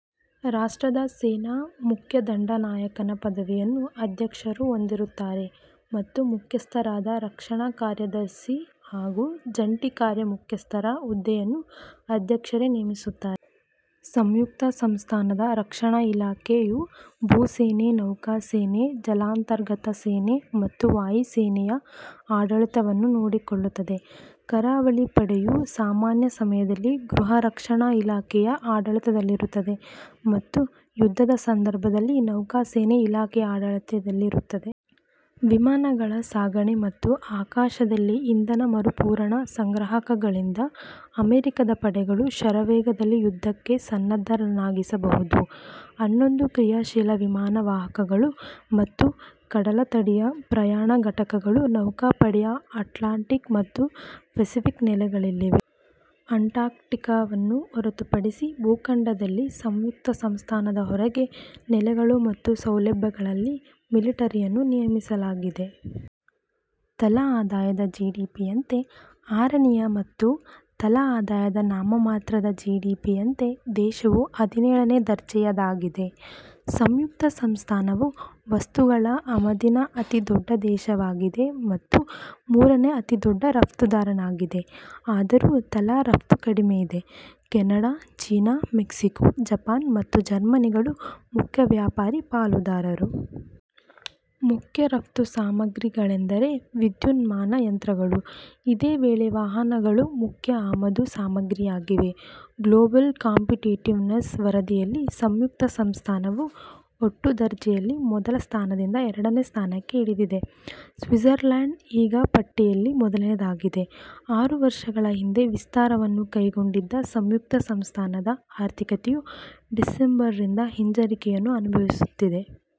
ರಾಷ್ಟ್ರದ ಸೇನಾ ಮುಖ್ಯ ದಂಡನಾಯಕನ ಪದವಿಯನ್ನು ಅಧ್ಯಕ್ಷರು ಹೊಂದಿರುತ್ತಾರೆ ಮತ್ತು ಮುಖ್ಯಸ್ಥರಾದ ರಕ್ಷಣಾ ಕಾರ್ಯದರ್ಶಿ ಹಾಗೂ ಜಂಟಿ ಕಾರ್ಯಮುಖ್ಯಸ್ಥ ರ ಹುದ್ದೆಯನ್ನು ಅಧ್ಯಕ್ಷರೇ ನೇಮಿಸುತ್ತಾರೆ. ಸಂಯುಕ್ತ ಸಂಸ್ಥಾನದ ರಕ್ಷಣಾ ಇಲಾಖೆ ಯು ಭೂಸೇನೆ, ನೌಕಾಸೇನೆ, ಜಲಾಂತರ್ಗತ ಸೇನೆ ಮತ್ತು ವಾಯುಸೇನೆಯ ಆಡಳಿತವನ್ನು ನೋಡಿಕೊಳ್ಳುತ್ತದೆ. ಕರಾವಳಿ ಪಡೆ ಯು ಸಾಮಾನ್ಯ ಸಮಯದಲ್ಲಿ ಗೃಹರಕ್ಷಣಾ ಇಲಾಖೆ ಯ ಆಡಳಿತದಲ್ಲಿರುತ್ತದೆ ಮತ್ತು ಯುದ್ಧದ ಸಂದರ್ಭದಲ್ಲಿ ನೌಕಾಸೇನಾ ಇಲಾಖೆ ಯ ಆಡಳಿತದಲ್ಲಿರುತ್ತದೆ. ವಿಮಾನಗಳ ಸಾಗಣೆ ಮತ್ತು ಆಕಾಶದಲ್ಲಿ ಇಂಧನ ಮರುಪೂರಣಾ ಸಂಗ್ರಾಹಕಗಳಿಂದ ಅಮೆರಿಕದ ಪಡೆಗಳು ಶರವೇಗದಲ್ಲಿ ಯುದ್ಧಕ್ಕೆ ಸನ್ನದ್ಧರನ್ನಾಗಿಸಬಹುದು. ಹನ್ನೊಂದು ಕ್ರಿಯಾಶೀಲ ವಿಮಾನ ವಾಹಕಗಳು ಮತ್ತು ಕಡಲತಡಿಯ ಪ್ರಯಾಣ ಘಟಕ ಗಳು ನೌಕಾಪಡೆಯ ಅಟ್ಲಾಂಟಿಕ್ ಮತ್ತು ಪೆಸಿಫಿಕ್ ನೆಲೆ ಗಳಲ್ಲಿವೆ. ಅಂಟಾರ್ಕ್ಟಿಕಾವನ್ನು ಹೊರತುಪಡಿಸಿ ಭೂಖಂಡದಲ್ಲಿ ಸಂಯುಕ್ತ ಸಂಸ್ಥಾನದ ಹೊರಗೆ, ನೆಲೆಗಳು ಮತ್ತು ಸೌಲಭ್ಯಗಳಲ್ಲಿ ಮಿಲಿಟರಿಯನ್ನು ನಿಯಮಿಸಲಾಗಿದೆ. ತಲಾ ಆದಾಯದ ಜಿಡಿಪಿ ಯಂತೆ ಆರನೇಯ ಮತ್ತು ತಲಾ ಆದಾಯದ ನಾಮಮಾತ್ರದ ಜಿಡಿಪಿ ಯಂತೆ ದೇಶವು ಹದಿನೇಳನೇ ದರ್ಜೆಯದಾಗಿದೆ. ಸಂಯುಕ್ತ ಸಂಸ್ಥಾನವು ವಸ್ತುಗಳ ಆಮದಿನ ಅತೀ ದೊಡ್ಡ ದೇಶವಾಗಿದೆ. ಮತ್ತು ಮೂರನೇ ಅತೀದೊಡ್ಡ ರಫ್ತುದಾರನಾಗಿದೆ. ಆದರೂ ತಲಾ ರಫ್ತು ಕಡಿಮೆಯಿದೆ. ಕೆನಡಾ, ಚೀನಾ, ಮೆಕ್ಸಿಕೋ, ಜಪಾನ್ ಮತ್ತು ಜರ್ಮನಿಗಳು ಮುಖ್ಯ ವ್ಯಾಪಾರಿ ಪಾಲುದಾರರು. ಮುಖ್ಯ ರಫ್ತು ಸಾಮಗ್ರಿಗಳೆಂದರೆ ವಿದ್ಯುನ್ಮಾನ ಯಂತ್ರಗಳು. ಇದೇ ವೇಳೆ ವಾಹನಗಳು ಮುಖ್ಯ ಆಮದು ಸಾಮಗ್ರಿಯಾಗಿವೆ. ಗ್ಲೋಬಲ್ ಕಾಂಪಿಟಿಟಿವ್ನೆಸ್ ವರದಿ ಯಲ್ಲಿ ಸಂಯುಕ್ತ ಸಂಸ್ಥಾನವು ಒಟ್ಟು ದರ್ಜೆಯಲ್ಲಿ ಮೊದಲ ಸ್ಥಾನದಿಂದ ಎರಡನೇ ಸ್ಥಾನಕ್ಕೆ ಇಳಿದಿದೆ. ಸ್ವಿಝರ್ಲ್ಯಾಂಡ್ ಈಗ ಪಟ್ಟಿಯಲ್ಲಿ ಮೊದಲನೆಯದಾಗಿದೆ. ಆರು ವರ್ಷಗಳ ಹಿಂದೆ ವಿಸ್ತಾರವನ್ನು ಕೈಗೊಂಡಿದ್ದ ಸಂಯುಕ್ತ ಸಂಸ್ಥಾನದ ಆರ್ಥಿಕತೆಯು ಡಿಸೆಂಬರ್ ರಿಂದ ಹಿಂಜರಿಕೆ ಯನ್ನು ಅನುಭವಿಸುತ್ತಿದೆ.